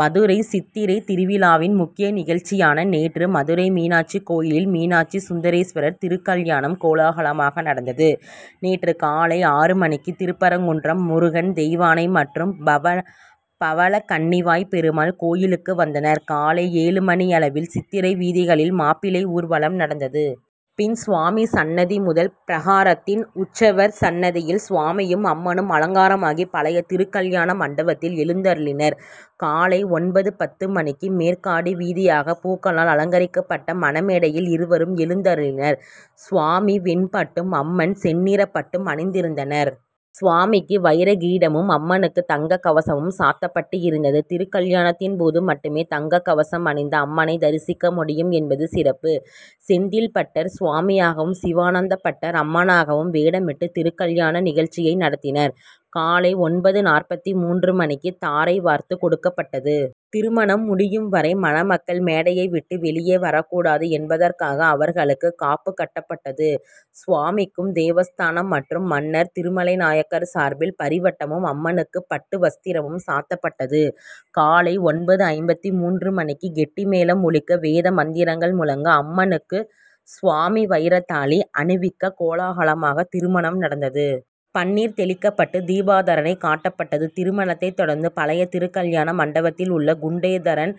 மதுரை சித்திரை திருவிழாவின் முக்கிய நிகழ்ச்சியான நேற்று மதுரைமீனாட்சி கோவிலில் மீனாட்சி சுந்தரேஸ்வரர் திருக்கல்யாணம் கோலாகலமாக நடந்தது. நேற்று காலை ஆறு மணிக்கு திருப்பரங்குன்றம் முருகன் தெய்வானை மற்றும் பவளக்கனிவாய் பெருமாள் கோவிலுக்கு வந்தனர். காலை ஏழு மணியளவில் சித்திரை வீதிகளில் மாப்பிள்ளை ஊர்வலம் நடந்தது. பின் சுவாமி சன்னிதி முதல் பிரகாரத்தில் உற்சவர் சன்னிதியில் சுவாமியும் அம்மனும் அலங்கார மாகி பழைய திருக்கல்யாண மண்டபத்தில் எழுந்தருளினர். காலை ஒன்பது பத்து மணிக்கு மேற்காடி வீதியாக பூக்களால் அலங்கரிக்கப்பட்ட மண மேடையில் இருவரும் எழுந்தருளினர். சுவாமி வெண் பட்டும் அம்மன் செந்நிற பட்டும் அணிந்தி ருந் தனர். சுவாமிக்கு வைரக் கிரீடமும் அம்மனுக்கு தங்கக் கவசமும் சாத்தப்பட்டிருந்தது. திருக்கல்யாணத்தின் போது மட்டுமே தங்கக் கவசம் அணிந்த அம்மனை தரிசிக்க முடியும் என்பது சிறப்பு. செந்தில்பட்டர் சுவாமியாகவும் சிவானந்தபட்டர் அம்மனாகவும் வேடமிட்டு திருக்கல்யாண நிகழ்ச்சியை நடத்தினர். காலை ஒன்பது நாற்பத்து மூன்று மணிக்கு தாரை வார்த்து கொடுக்கப்பட்டது. திருமணம் முடியும் வரை மணமக்கள் மேடையை விட்டு வெளியே வரக்கூடாது என்பதற்காக அவர்களுக்கு காப்பு கட்டப்பட்டது. சுவாமிக்கு தேவஸ்தானம் மற்றும் மன்னர் திருமலை நாயக்கர் சார்பில் பரி வட்ட மும் அம்மனுக்கு பட்டு வஸ்திரமும் சாத்தப்பட்டது. காலை ஒன்பது ஐம்பத்து மூன்று மணிக்கு கெட்டி மேளம் ஒலிக்க வேத மந்திரங்கள் முழங்க அம்மனுக்கு சுவாமி வைரத் தாலி அணிவிக்க கோலாகலமாக திருமணம் நடந்தது. பன்னீர் தெளிக்கப்பட்டு தீபாராதனை காட்டப்பட்டது. திருமணத்தைத் தொடர்ந்து பழைய திருக்கல்யாண மண்டபத்தில் உள்ள குண்டோதரன்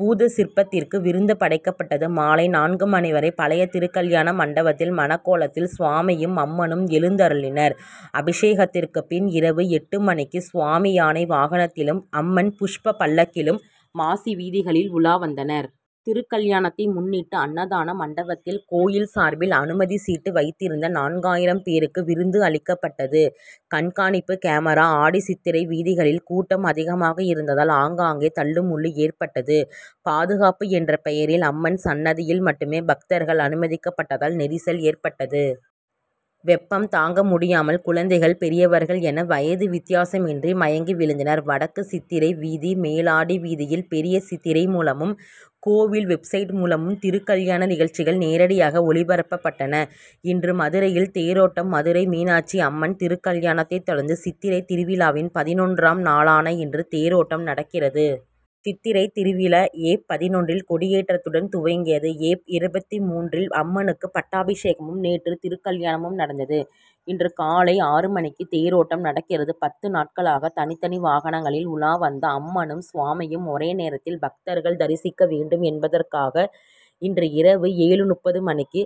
பூத சிற்பத்திற்கு விருந்து படைக்கப்பட்டது. மாலை நான்கு மணி வரை பழைய திருக்கல்யாண மண்டபத்தில் மணக் கோலத் தில் சுவாமியும் அம்மனும் எழுந்தருளினர். அபிஷேகத்திற்கு பின் இரவு எட்டு மணிக்கு சுவாமி யானை வாகனத் திலும் அம்மன் புஷ்ப பல்லக்கிலும் மாசி வீதிகளில் உலா வந்தனர். திருக்கல்யாணத்தை முன்னிட்டு அன்னதான மண்டபத் தில் கோவில் சார்பில் அனுமதி சீட்டு வைத்திருந்த நான்கு ஆயிரம் பேருக்கு விருந்து அளிக்கப்பட்டது. கண்காணிப்பு கேமரா ஆடி சித்திரை வீதிகளில் கூட்டம் அதிகமாக இருந்ததால் ஆங்காங்கே தள்ளுமுள்ளு ஏற்பட்டது. பாதுகாப்பு என்ற பெயரில் அம்மன் சன்னிதியில் மட்டுமே பக்தர்கள் அனுமதிக்கப்பட்டதால் நெரிசல் ஏற்பட்டது. வெப்பம் தாங்க முடியாமல் குழந்தைகள் பெரியவர்கள் என வயது வித்தியாசமின்றி மயங்கி விழுந்தனர். வடக்கு சித்திரை வீதி மேலாடி வீதியில் பெரிய திரை மூலமும் கோவில் வெப்சைட் மூலமும் திருக்கல்யாண நிகழ்ச்சிகள் நேரடியாக ஒளிபரப்பப்பட்டன. இன்று மதுரையில் தேரோட்டம் மதுரை மீனாட்சி அம்மன் திருக்கல்யாணத்தைத் தொடர்ந்து சித்திரைத் திருவிழாவின் பதினொன்று ஆம் நாளான இன்று தேரோட்டம் நடக்கிறது. சித்திரைத் திருவிழா ஏப் பதினாறு ல் கொடியேற்றத்துடன் துவங்கியது. ஏப் இருபத்து மூன்றுல் அம்மனுக்கு பட்டா பிஷேகமும் நேற்று திருக்கல்யாணமும் நடந்தது. இன்று காலை ஆறு மணிக்கு தேரோட்டம் நடக்கிறது. பத்து நாட்களாக தனித்தனி வாகனங்களில் உலா வந்த அம்மனும் சுவாமியும் ஒரே நேரத்தில் பக்தர்கள் தரிசிக்க வேண்டும் என்பதற்காக இன்றிரவு ஏழு முப்பது மணிக்கு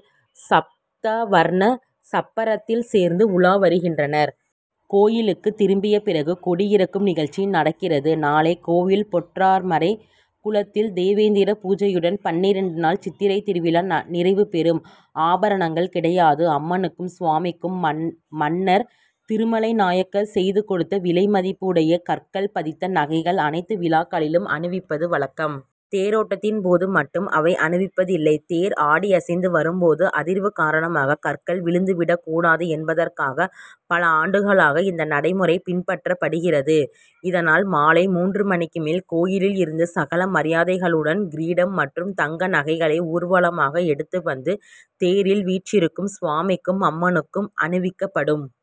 சப்தாவர்ண சப்பரத்தில் சேர்ந்து உலா வருகின்றனர். கோவிலுக்கு திரும்பிய பிறகு கொடி இறக்கும் நிகழ்ச்சி நடக்கிறது. நாளை கோவில் பொற்றாமரைக் குளத்தில் தேவேந்திர பூஜையுடன் பன்னிரண்டு நாள் சித்திரைத் திருவிழா நிறைவு பெறும். ஆபரணங்கள் கிடையாது அம்மனுக்கும் சுவாமிக்கும் மன்னர் திருமலை நாயக்கர் செய்து கொடுத்த விலை மதிப்பு டைய கற்கள் பதித்த நகைகள் அனைத்து விழாக்களிலும் அணிவிப்பது வழக்கம். தேரோட்டத்தின் போது மட்டும் அவை அணிவிப்பதில்லை. தேர் ஆடி அசைந்து வரும் போது அதிர்வு காரணமாக கற்கள் விழுந்து விடக்கூடாது என்பதற்காக பல ஆண்டுகளாக இந்த நடைமுறை பின்பற்றப்படுகிறது. இதனால் மாலை மூன்று மணிக்கு மேல் கோவிலில் இருந்து சகல மரியாதைகளுடன் கிரீடம் மற்றும் தங்க நகைகளை ஊர்வலமாக எடுத்து வந்து தேரில் வீற்றிருக்கும் சுவாமிக்கும் அம்மனுக்கும் அணிவிக்கப்படும்.